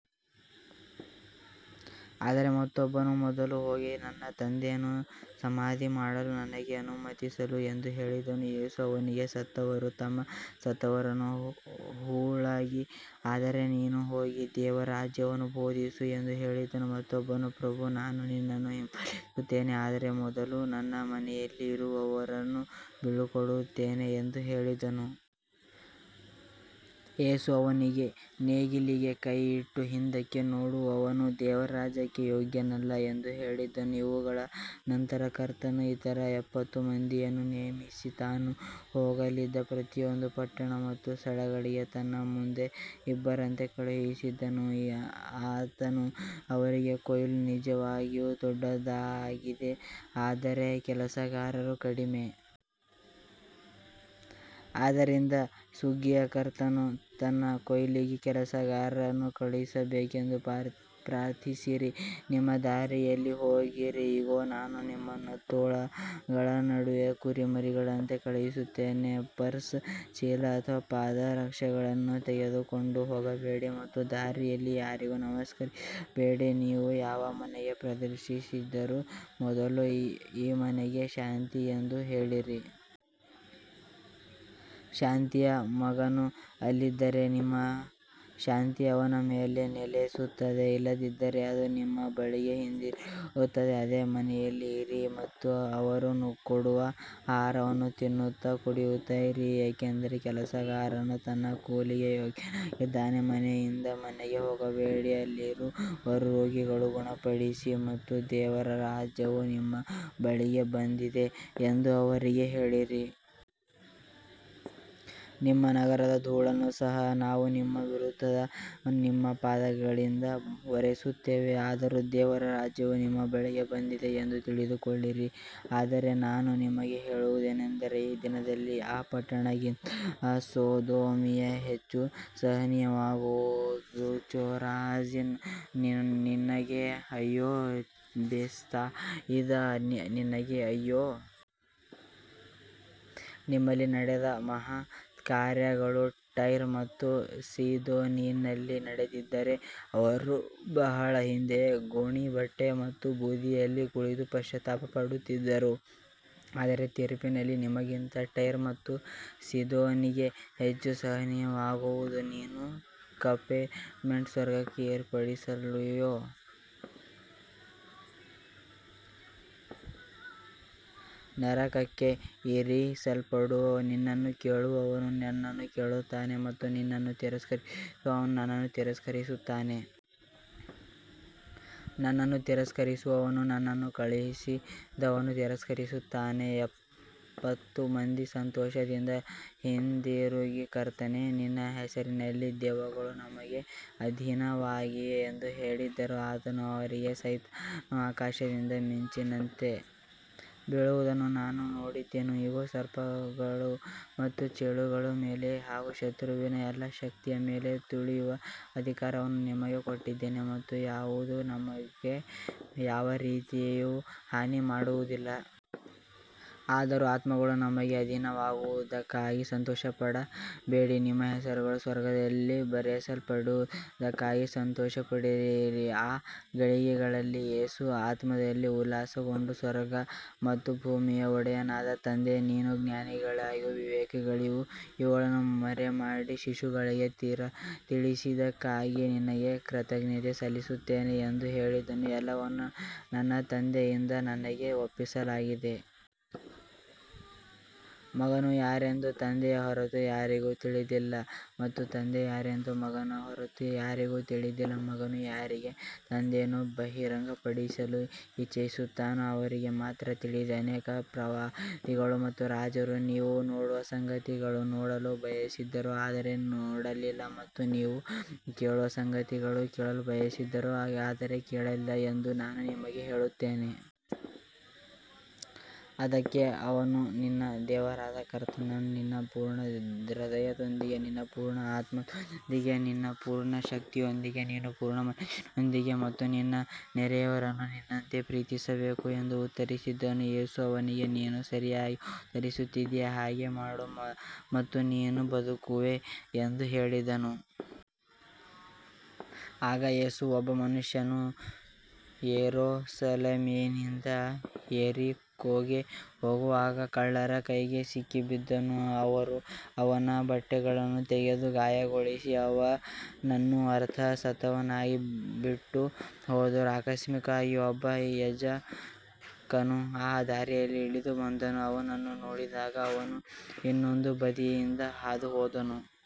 ಆದರೆ ಮತ್ತೊಬ್ಬನು ಮೊದಲು ಹೋಗಿ ನನ್ನ ತಂದೆಯನ್ನು ಸಮಾಧಿ ಮಾಡಲು ನನಗೆ ಅನುಮತಿಸು ಎಂದು ಹೇಳಿದನು. ಯೇಸು ಅವನಿಗೆ, ಸತ್ತವರು ತಮ್ಮ ಸತ್ತವರನ್ನು ಹೂಳಲಿ, ಆದರೆ ನೀನು ಹೋಗಿ ದೇವರ ರಾಜ್ಯವನ್ನು ಬೋಧಿಸು ಎಂದು ಹೇಳಿದನು. ಮತ್ತೊಬ್ಬನು, ಪ್ರಭು, ನಾನು ನಿನ್ನನ್ನು ಹಿಂಬಾಲಿಸುತ್ತೇನೆ, ಆದರೆ ಮೊದಲು ನನ್ನ ಮನೆಯಲ್ಲಿ ಇರುವವರನ್ನು ಬೀಳ್ಕೊಡುತ್ತೇನೆ ಎಂದು ಹೇಳಿದನು. ಯೇಸು ಅವನಿಗೆ, ನೇಗಿಲಿಗೆ ಕೈಯಿಟ್ಟು ಹಿಂದಕ್ಕೆ ನೋಡುವವನು ದೇವರ ರಾಜ್ಯಕ್ಕೆ ಯೋಗ್ಯನಲ್ಲ ಎಂದು ಹೇಳಿದನು. ಇವುಗಳ ನಂತರ ಕರ್ತನು ಇತರ ಎಪ್ಪತ್ತು ಮಂದಿಯನ್ನು ನೇಮಿಸಿ, ತಾನು ಹೋಗಲಿದ್ದ ಪ್ರತಿಯೊಂದು ಪಟ್ಟಣ ಮತ್ತು ಸ್ಥಳಗಳಿಗೆ ತನ್ನ ಮುಂದೆ ಇಬ್ಬರಂತೆ ಕಳುಹಿಸಿದನು. ಆತನು ಅವರಿಗೆ, ಕೊಯ್ಲು ನಿಜವಾಗಿಯೂ ದೊಡ್ಡದಾಗಿದೆ, ಆದರೆ ಕೆಲಸಗಾರರು ಕಡಿಮೆ. ಆದ್ದರಿಂದ ಸುಗ್ಗಿಯ ಕರ್ತನು ತನ್ನ ಕೊಯ್ಲಿಗೆ ಕೆಲಸಗಾರರನ್ನು ಕಳುಹಿಸಬೇಕೆಂದು ಪ್ರಾರ್ಥಿಸಿರಿ. ನಿಮ್ಮ ದಾರಿಯಲ್ಲಿ ಹೋಗಿರಿ. ಇಗೋ, ನಾನು ನಿಮ್ಮನ್ನು ತೋಳಗಳ ನಡುವೆ ಕುರಿಮರಿಗಳಂತೆ ಕಳುಹಿಸುತ್ತೇನೆ. ಪರ್ಸ್, ಚೀಲ ಅಥವಾ ಪಾದರಕ್ಷೆಗಳನ್ನು ತೆಗೆದುಕೊಂಡು ಹೋಗಬೇಡಿ ಮತ್ತು ದಾರಿಯಲ್ಲಿ ಯಾರಿಗೂ ನಮಸ್ಕರಿಸಬೇಡಿ. ನೀವು ಯಾವ ಮನೆಗೆ ಪ್ರವೇಶಿಸಿದರೂ ಮೊದಲು, ಈ ಮನೆಗೆ ಶಾಂತಿ ಎಂದು ಹೇಳಿರಿ. ಶಾಂತಿಯ ಮಗನು ಅಲ್ಲಿದ್ದರೆ ನಿಮ್ಮ ಶಾಂತಿ ಅವನ ಮೇಲೆ ನೆಲೆಸುತ್ತದೆ, ಇಲ್ಲದಿದ್ದರೆ ಅದು ನಿಮ್ಮ ಬಳಿಗೆ ಹಿಂದಿರುಗುತ್ತದೆ. ಅದೇ ಮನೆಯಲ್ಲಿ ಇರಿ ಮತ್ತು ಅವರು ಕೊಡುವ ಆಹಾರವನ್ನು ತಿನ್ನುತ್ತಾ ಕುಡಿಯುತ್ತಾ ಇರಿ, ಏಕೆಂದರೆ ಕೆಲಸಗಾರನು ತನ್ನ ಕೂಲಿಗೆ ಯೋಗ್ಯನಾಗಿದ್ದಾನೆ. ಮನೆಯಿಂದ ಮನೆಗೆ ಹೋಗಬೇಡಿ. ಅದರಲ್ಲಿರುವ ರೋಗಿಗಳನ್ನು ಗುಣಪಡಿಸಿ ಮತ್ತು ದೇವರ ರಾಜ್ಯವು ನಿಮ್ಮ ಬಳಿಗೆ ಬಂದಿದೆ ಎಂದು ಅವರಿಗೆ ಹೇಳಿರಿ. ನಿಮ್ಮ ನಗರದ ಧೂಳನ್ನು ಸಹ ನಾವು ನಿಮ್ಮ ವಿರುದ್ಧವಾಗಿ ನಮ್ಮ ಪಾದಗಳಿಂದ ಒರೆಸುತ್ತೇವೆ. ಆದರೂ ದೇವರ ರಾಜ್ಯವು ನಿಮ್ಮ ಬಳಿಗೆ ಬಂದಿದೆ ಎಂದು ತಿಳಿದುಕೊಳ್ಳಿರಿ. ಆದರೆ ನಾನು ನಿಮಗೆ ಹೇಳುವುದೇನೆಂದರೆ, ಆ ದಿನದಲ್ಲಿ ಆ ಪಟ್ಟಣಕ್ಕಿಂತ ಸೊದೋಮಿಗೆ ಹೆಚ್ಚು ಸಹನೀಯವಾಗುವುದು. ಚೋರಾಜಿನ್, ನಿನಗೆ ಅಯ್ಯೋ. ಬೇತ್ಸಾಯಿದಾ, ನಿನಗೆ ಅಯ್ಯೋ. ನಿಮ್ಮಲ್ಲಿ ನಡೆದ ಮಹತ್ಕಾರ್ಯಗಳು ಟೈರ್ ಮತ್ತು ಸೀದೋನಿನಲ್ಲಿ ನಡೆದಿದ್ದರೆ, ಅವರು ಬಹಳ ಹಿಂದೆಯೇ ಗೋಣಿಬಟ್ಟೆ ಮತ್ತು ಬೂದಿಯಲ್ಲಿ ಕುಳಿತು ಪಶ್ಚಾತ್ತಾಪಪಟ್ಟಿರುತ್ತಿದ್ದರು. ಆದರೆ ತೀರ್ಪಿನಲ್ಲಿ ನಿಮಗಿಂತ ಟೈರ್ ಮತ್ತು ಸೀದೋನಿಗೆ ಹೆಚ್ಚು ಸಹನೀಯವಾಗುವುದು. ನೀನು ಕಪೆರ್ನೌಮ್, ಸ್ವರ್ಗಕ್ಕೆ ಏರಿಸಲ್ಪಡುವೆಯೋ? ನರಕಕ್ಕೆ ಇಳಿಸಲ್ಪಡುವೆ. ನಿನ್ನನ್ನು ಕೇಳುವವನು ನನ್ನನ್ನು ಕೇಳುತ್ತಾನೆ ಮತ್ತು ನಿನ್ನನ್ನು ತಿರಸ್ಕರಿಸುವವನು ನನ್ನನ್ನು ತಿರಸ್ಕರಿಸುತ್ತಾನೆ. ನನ್ನನ್ನು ತಿರಸ್ಕರಿಸುವವನು ನನ್ನನ್ನು ಕಳುಹಿಸಿದವನನ್ನು ತಿರಸ್ಕರಿಸುತ್ತಾನೆ. ಎಪ್ಪತ್ತು ಮಂದಿ ಸಂತೋಷದಿಂದ ಹಿಂದಿರುಗಿ, ಕರ್ತನೇ, ನಿನ್ನ ಹೆಸರಿನಲ್ಲಿ ದೆವ್ವಗಳೂ ನಮಗೆ ಅಧೀನವಾಗಿವೆ ಎಂದು ಹೇಳಿದರು. ಆತನು ಅವರಿಗೆ, ಸೈತಾನನು ಆಕಾಶದಿಂದ ಮಿಂಚಿನಂತೆ ಬೀಳುವುದನ್ನು ನಾನು ನೋಡಿದೆನು. ಇಗೋ, ಸರ್ಪಗಳು ಮತ್ತು ಚೇಳುಗಳ ಮೇಲೆ ಹಾಗೂ ಶತ್ರುವಿನ ಎಲ್ಲಾ ಶಕ್ತಿಯ ಮೇಲೆ ತುಳಿಯುವ ಅಧಿಕಾರವನ್ನು ನಿಮಗೆ ಕೊಟ್ಟಿದ್ದೇನೆ ಮತ್ತು ಯಾವುದೂ ನಿಮಗೆ ಯಾವ ರೀತಿಯಲ್ಲಿಯೂ ಹಾನಿ ಮಾಡುವುದಿಲ್ಲ. ಆದರೂ ಆತ್ಮಗಳು ನಿಮಗೆ ಅಧೀನವಾಗಿರುವುದಕ್ಕಾಗಿ ಸಂತೋಷಪಡಬೇಡಿ, ನಿಮ್ಮ ಹೆಸರುಗಳು ಸ್ವರ್ಗದಲ್ಲಿ ಬರೆಯಲ್ಪಟ್ಟಿರುವುದಕ್ಕಾಗಿ ಸಂತೋಷಪಡಿರಿ. ಆ ಗಳಿಗೆಯಲ್ಲಿ ಯೇಸು ಆತ್ಮದಲ್ಲಿ ಉಲ್ಲಾಸಗೊಂಡು, ಸ್ವರ್ಗ ಮತ್ತು ಭೂಮಿಯ ಒಡೆಯನಾದ ತಂದೆಯೇ, ನೀನು ಜ್ಞಾನಿಗಳಿಗೂ ವಿವೇಕಿಗಳಿಗೂ ಇವುಗಳನ್ನು ಮರೆಮಾಡಿ ಶಿಶುಗಳಿಗೆ ತಿಳಿಸಿದ್ದಕ್ಕಾಗಿ ನಿನಗೆ ಕೃತಜ್ಞತೆ ಸಲ್ಲಿಸುತ್ತೇನೆ ಎಂದು ಹೇಳಿದನು. ಎಲ್ಲವನ್ನೂ ನನ್ನ ತಂದೆಯಿಂದ ನನಗೆ ಒಪ್ಪಿಸಲಾಗಿದೆ. ಮಗನು ಯಾರೆಂದು ತಂದೆಯ ಹೊರತು ಯಾರಿಗೂ ತಿಳಿದಿಲ್ಲ ಮತ್ತು ತಂದೆ ಯಾರೆಂದು ಮಗನ ಹೊರತು ಯಾರಿಗೂ ತಿಳಿದಿಲ್ಲ, ಮಗನು ಯಾರಿಗೆ ತಂದೆಯನ್ನು ಬಹಿರಂಗಪಡಿಸಲು ಇಚ್ಛಿಸುತ್ತಾನೋ ಅವರಿಗೆ ಮಾತ್ರ ತಿಳಿದಿದೆ. ಅನೇಕ ಪ್ರವಾದಿಗಳು ಮತ್ತು ರಾಜರು ನೀವು ನೋಡುವ ಸಂಗತಿಗಳನ್ನು ನೋಡಲು ಬಯಸಿದರು, ಆದರೆ ನೋಡಲಿಲ್ಲ ಮತ್ತು ನೀವು ಕೇಳುವ ಸಂಗತಿಗಳನ್ನು ಕೇಳಲು ಬಯಸಿದರು, ಆದರೆ ಕೇಳಲಿಲ್ಲ ಎಂದು ನಾನು ನಿಮಗೆ ಹೇಳುತ್ತೇನೆ. ಅದಕ್ಕೆ ಅವನು, ನಿನ್ನ ದೇವರಾದ ಕರ್ತನನ್ನು ನಿನ್ನ ಪೂರ್ಣ ಹೃದಯದಿಂದಲೂ, ನಿನ್ನ ಪೂರ್ಣ ಆತ್ಮದಿಂದಲೂ, ನಿನ್ನ ಪೂರ್ಣ ಶಕ್ತಿಯಿಂದಲೂ, ನಿನ್ನ ಪೂರ್ಣ ಮನಸ್ಸಿನಿಂದಲೂ ಮತ್ತು ನಿನ್ನ ನೆರೆಯವನನ್ನು ನಿನ್ನಂತೆಯೇ ಪ್ರೀತಿಸಬೇಕು ಎಂದು ಉತ್ತರಿಸಿದನು. ಯೇಸು ಅವನಿಗೆ, ನೀನು ಸರಿಯಾಗಿ ಉತ್ತರಿಸಿದ್ದೀಯ, ಹಾಗೆಯೇ ಮಾಡು ಮತ್ತು ನೀನು ಬದುಕುವೆ ಎಂದು ಹೇಳಿದನು. ಆಗ ಯೇಸು, ಒಬ್ಬ ಮನುಷ್ಯನು ಯೆರೂಸಲೇಮಿನಿಂದ ಯೆರಿಕೋಗೆ ಹೋಗುವಾಗ ಕಳ್ಳರ ಕೈಗೆ ಸಿಕ್ಕಿಬಿದ್ದನು. ಅವರು ಅವನ ಬಟ್ಟೆಗಳನ್ನು ತೆಗೆದು ಗಾಯಗೊಳಿಸಿ, ಅವನನ್ನು ಅರ್ಧ ಸತ್ತವನಾಗಿ ಬಿಟ್ಟುಹೋದರು. ಆಕಸ್ಮಿಕವಾಗಿ ಒಬ್ಬ ಯಾಜಕನು ಆ ದಾರಿಯಲ್ಲಿ ಇಳಿದುಬಂದನು. ಅವನನ್ನು ನೋಡಿದಾಗ ಅವನು ಇನ್ನೊಂದು ಬದಿಯಿಂದ ಹಾದುಹೋದನು.